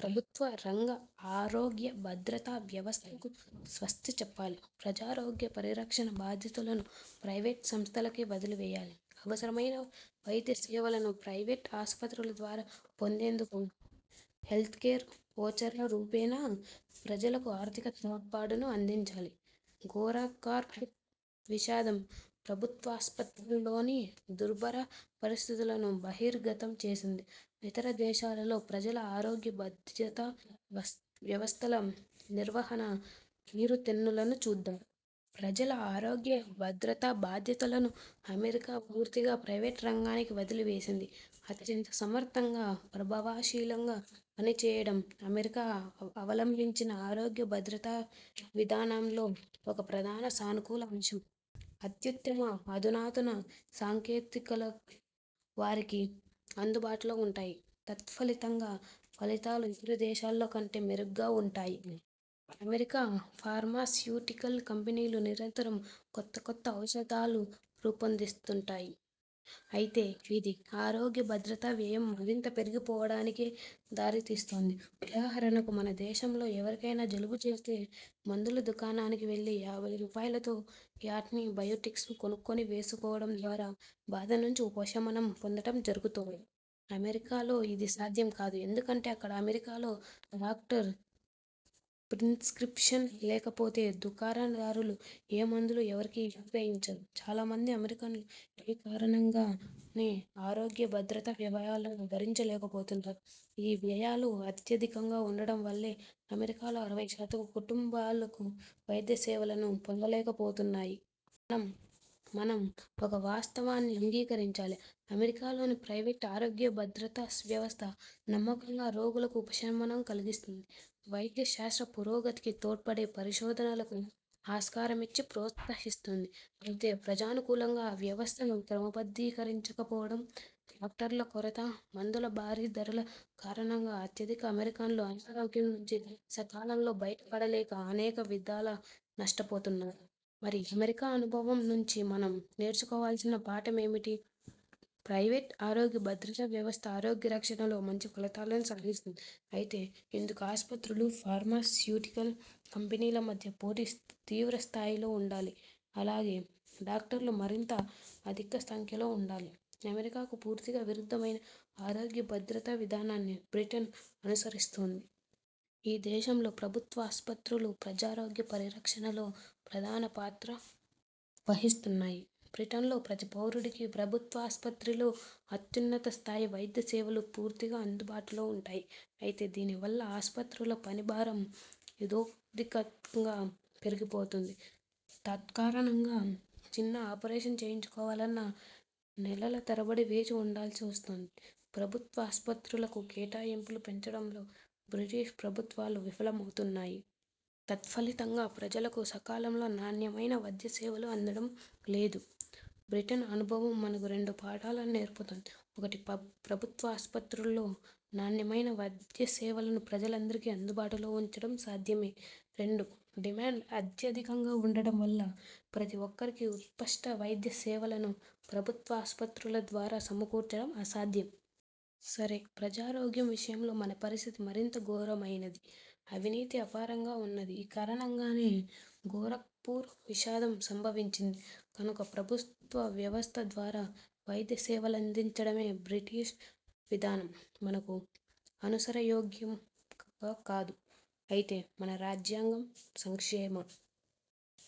ప్రభుత్వ రంగ ఆరోగ్య భద్రతా వ్యవస్థకు స్వస్తిచెప్పాలి. ప్రజారోగ్య పరిరక్షణ బాధ్యతలను ప్రైవేట్ సంస్థలకే వదిలివేయాలి. అవసరమైన వైద్యసేవలను ప్రైవేట్ ఆస్పత్రుల ద్వారా పొందేందుకు హెల్త్కేర్ ఓచర్ల రూపేణా ప్రజలకు ఆర్థిక తోడ్పాటును అందించాలి. గోరఖ్పూర్ విషాదం ప్రభుత్వాసుపత్రులలోని దుర్భర పరిస్థితులను బహిర్గతం చేసింది. ఇతర దేశాలలో ప్రజల ఆరోగ్య భద్రతా వ్యవస్థల నిర్వహణ తీరుతెన్నులను చూద్దాం. ప్రజల ఆరోగ్య భద్రతా బాధ్యతలను అమెరికా పూర్తిగా ప్రైవేట్ రంగానికి వదిలివేసింది. అత్యంత సమర్థంగా, ప్రభావశీలంగా పనిచేయడం అమెరికా అవలంభించిన ఆరోగ్య భద్రతా విధానంలో ఒక ప్రధాన సానుకూల అంశం. అత్యుత్తమ, అధునాతన సాంకేతికతలు వారికి అందుబాటులో వుంటాయి. తత్ఫలితంగా ఫలితాలూ ఇతర దేశాల్లో కంటే మెరుగ్గా వుంటాయి. అమెరికా ఫార్మాస్యూటికల్ కంపెనీలు నిరంతరం కొత్త కొత్త ఔషధాలను రూపొందిస్తుంటాయి. అయితే ఇది, ఆరోగ్య భద్రతా వ్యయం మరింత పెరిగిపోవడానికే దారితీస్తోంది. ఉదాహరణకు మన దేశంలో ఎవరికైనా జలుబు చేస్తే మందుల దుకాణానికి వెళ్ళి యాభై రూపాయలతో యాన్టీ బయోటిక్స్ను కొనుక్కొని వేసుకోవడం ద్వారా బాధ నుంచి ఉపశమనం పొందడం జరుగుతోంది. అమెరికాలో ఇది సాధ్యంకాదు. ఎందుకంటే అక్కడ అమెరికాలో డాక్టర్ ప్రిస్క్రిప్షన్ లేకపోతే దుకాణదారులు ఏ మందులూ ఎవరికీ విక్రయించరు. చాలా మంది అమెరికన్లు ఈ కారణంగానే ఆరోగ్య భద్రతా వ్యయాలను భరించలేకపోతున్నారు. ఈ వ్యయాలు అత్యధికంగా ఉండడం వల్లే అమెరికాలో అరవై శాతం కుటుంబాలు వైద్యసేవలను పొందలేకపోతున్నాయి. మనం ఒక వాస్తవాన్ని అంగీకరించాలి. అమెరికాలోని ప్రైవేట్ ఆరోగ్యభద్రతా వ్యవస్థ నమ్మకంగా రోగులకు ఉపశమనం కల్గిస్తుంది. వైద్యశాస్త్ర పురోగతికి తోడ్పడే పరిశోధనలకు ఆస్కారమిచ్చి ప్రోత్సహిస్తుంది. అయితే ప్రజానుకూలంగా ఆ వ్యవస్థను క్రమబద్ధీకరించకపోవడం, డాక్టర్ల కొరత, మందుల భారీ ధరల కారణంగా అత్యధిక అమెరికన్లు అనారోగ్యం నుంచి సకాలంలో బయటపడలేక అనేక విధాల నష్టపోతున్నారు. మరి అమెరికా అనుభవం నుంచి మనం నేర్చుకోవల్సిన పాఠమేమిటి? ప్రైవేట్ ఆరోగ్య భద్రతా వ్యవస్థ ఆరోగ్యరక్షణలో మంచిఫలితాలను సాధిస్తుంది. అయితే ఇందుకు ఆస్పత్రులు, ఫార్మాస్యూటికల్ కంపెనీల మధ్య పోటీ తీవ్రస్థాయిలో వుండాలి. అలాగే డాక్టర్లు మరింత అధిక సంఖ్యలో వుండాలి. అమెరికాకు పూర్తిగా విరుద్ధమైన ఆరోగ్యభద్రతా విధానాన్ని బ్రిటన్ అనుసరిస్తోంది. ఈ దేశంలో ప్రభుత్వాసుపత్రులు ప్రజారోగ్య పరిరక్షణలో ప్రధానపాత్ర వహిస్తున్నాయి. బ్రిటన్లో ప్రతి పౌరుడికీ ప్రభుత్వాసుపత్రులలో అత్యున్నత స్థాయి వైద్యసేవలు పూర్తిగా అందుబాటులో వుంటాయి. అయితే దీనివల్ల ఆస్పత్రుల పనిభారం ఇతోధికంగా పెరిగిపోతోంది. తత్కారణంగా చిన్న ఆపరేషన్ చేయించుకోవాలన్నా నెలల తరబడి వేచివుండవలసి వస్తోంది. ప్రభుత్వాసుపత్రులకు కేటాయింపులు పెంచడంలో బ్రిటిష్ ప్రభుత్వాలు విఫలమవుతున్నాయి. తత్ఫలితంగా ప్రజలకు సకాలంలో నాణ్యమైన వైద్యసేవలు అందడం లేదు. బ్రిటన్ అనుభవం మనకు రెండు పాఠాలను నేర్పుతుంది. ఒకటి ప్రభుత్వాసుపత్రుల్లో నాణ్యమైన వైద్యసేవలను ప్రజలందరికీ అందుబాటులో ఉంచడం సాధ్యమే. రెండు డిమాండ్ అత్యధికంగా ఉండడం వల్ల ప్రతి ఒక్కరికీ ఉత్కృష్ట వైద్య సేవలను ప్రభుత్వాసుపత్రుల ద్వారా సమకూర్చడం అసాధ్యం. సరే, ప్రజారోగ్యం విషయంలో మన పరిస్థితి మరింత ఘోరమైనది. అవినీతి అపారంగా ఉన్నది. ఈ కారణంగానే గోరఖ్పూర్ విషాదం సంభవించింది. కనుక ప్రభుత్వ వ్యవస్థ ద్వారా వైద్యసేవలందించడమనే బ్రిటిష్ విధానం మనకు అనుసరణయోగ్యం కాదు. అయితే మన రాజ్యాంగం సంక్షేమ